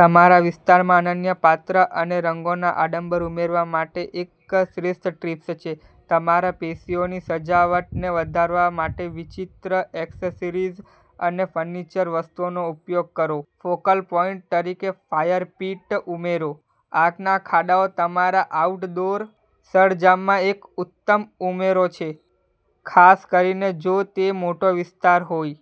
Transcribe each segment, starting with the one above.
તમારા વિસ્તારમાં અનન્ય પાત્ર અને રંગનો આડંબર ઉમેરવા માટે એક શ્રેષ્ઠ ટીપ્સ છે. તમારા પેશિયોની સજાવટને વધારવા માટે વિચિત્ર એક્સેસરીઝ અને ફર્નિચર વસ્તુઓનો ઉપયોગ કરો. ફોકલ પોઈન્ટ તરીકે ફાયર પીટ ઉમેરો .આગના ખાડાઓ તમારા આઉટડોર સરંજામમાં એક ઉત્તમ ઉમેરો છે ખાસ કરીને જો તે મોટો વિસ્તાર હોય.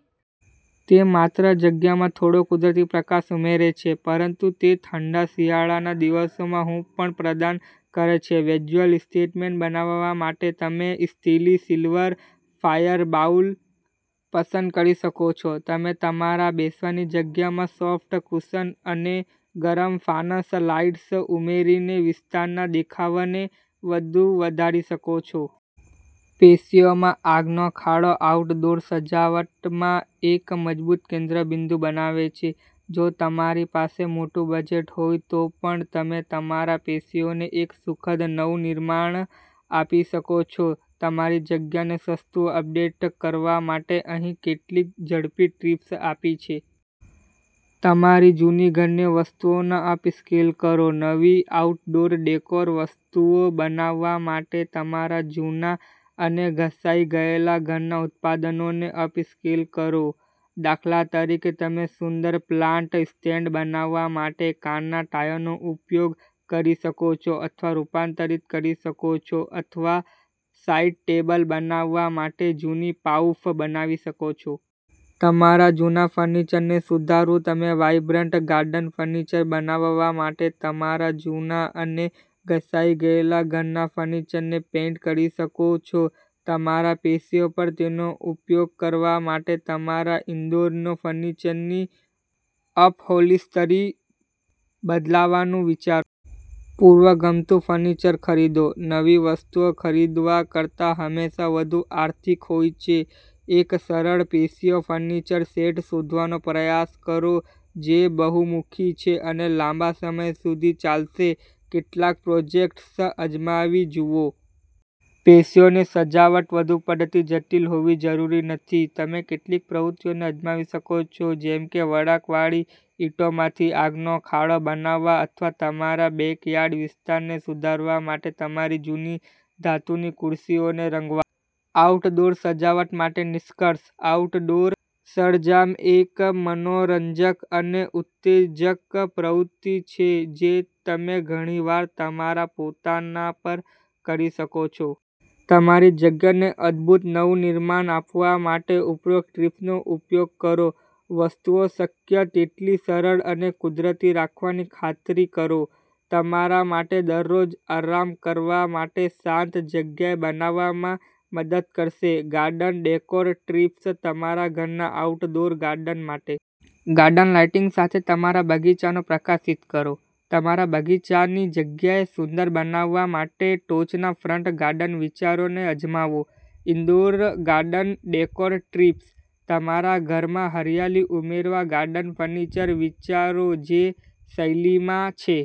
તે માત્ર જગ્યામાં થોડો કુદરતી પ્રકાશ ઉમેરે છે પરંતુ તે ઠંડા શિયાળાના દિવસોમાં હૂંફ પણ પ્રદાન કરે છે. વિઝ્યુઅલ સ્ટેટમેન્ટ બનાવવા માટે તમે સ્ટીલી સિલ્વર ફાયર બાઉલ પસંદ કરી શકો છો. તમે તમારા બેસવાની જગ્યામાં સોફ્ટ કુશન અને ગરમ ફાનસ લાઇટ્સ ઉમેરીને વિસ્તારના દેખાવને વધુ વધારી શકો છો. પેશિયોમાં આગનો ખાડો આઉટડોર સજાવટમાં એક મજબૂત કેન્દ્રબિંદુ બનાવે છે. જો તમારી પાસે મોટું બજેટ હોય તો પણ તમે તમારા પેશિયોને એક સુખદ નવનિર્માણ આપી શકો છો. તમારી જગ્યાને સસ્તું અપડેટ કરવા માટે અહીં કેટલીક ઝડપી ટીપ્સ આપી છે. તમારી જૂની ઘરની વસ્તુઓને અપસ્કેલ કરો. નવી આઉટડોર ડેકોર વસ્તુઓ બનાવવા માટે તમારા જૂના અને ઘસાઈ ગયેલા ઘરના ઉત્પાદનોને અપસ્કેલ કરો. દાખલા તરીકે, તમે સુંદર પ્લાન્ટ સ્ટેન્ડ બનાવવા માટે કારના ટાયરનો ઉપયોગ કરી શકો છો અથવા રૂપાંતરિત કરી શકો છો અથવા સાઇડ ટેબલ બનાવવા માટે જૂની પાઉફ બનાવી શકો છો. તમારા જૂના ફર્નિચરને સુધારવું તમે વાઇબ્રન્ટ ગાર્ડન ફર્નિચર બનાવવા માટે તમારા જૂના અને ઘસાઈ ગયેલા ઘરના ફર્નિચરને પેઇન્ટ કરી શકો છો. તમારા પેશિયો પર તેનો ઉપયોગ કરવા માટે તમારા ઇન્ડોર ફર્નિચરની અપહોલ્સ્ટરી બદલવાનું વિચારો. પૂર્વ ગમતું ફર્નિચર ખરીદો. નવી વસ્તુઓ ખરીદવા કરતાં હંમેશા વધુ આર્થિક હોય છે. એક સરળ પેશિયો ફર્નિચર સેટ શોધવાનો પ્રયાસ કરો જે બહુમુખી છે અને લાંબા સમય સુધી ચાલશે. કેટલાક પ્રોજેક્ટ્સ અજમાવી જુઓ. પેશિયોની સજાવટ વધુ પડતી જટિલ હોવી જરૂરી નથી. તમે કેટલીક પ્રવૃત્તિઓને અજમાવી શકો છો જેમ કે વળાંકવાળી ઇંટોમાંથી આગનો ખાડો બનાવવો અથવા તમારા બેકયાર્ડ વિસ્તારને સુધારવા માટે તમારી જૂની ધાતુની ખુરશીઓને રંગવા. આઉટડોર સજાવટ માટે નિષ્કર્ષ આઉટડોર સરંજામએક મનોરંજક અને ઉત્તેજક પ્રવૃત્તિ છે જે તમે ઘણીવાર તમારા પોતાના પર કરી શકો છો. તમારી જગ્યાને અદભૂત નવનિર્માણ આપવા માટે ઉપરોક્ત ટીપ્સનો ઉપયોગ કરો. વસ્તુઓ શક્ય તેટલી સરળ અને કુદરતી રાખવાની ખાતરી કરો. તમારા માટે દરરોજ આરામ કરવા માટે શાંત જગ્યા બનાવવામાં મદદ કરશે. ગાર્ડન ડેકોર ટિપ્સ તમારા ઘરના આઉટડોર ગાર્ડન માટે. ગાર્ડન લાઇટિંગ સાથે તમારા બગીચાને પ્રકાશિત કરો. તમારા બગીચાની જગ્યાને સુંદર બનાવવા માટે ટોચના ફ્રન્ટ ગાર્ડન વિચારોને અજમાવો. Indoor garden decor tips. તમારા ઘરમાં હરિયાળી ઉમેરવા ગાર્ડન ફર્નિચર વિચારો જે શૈલીમાં છે.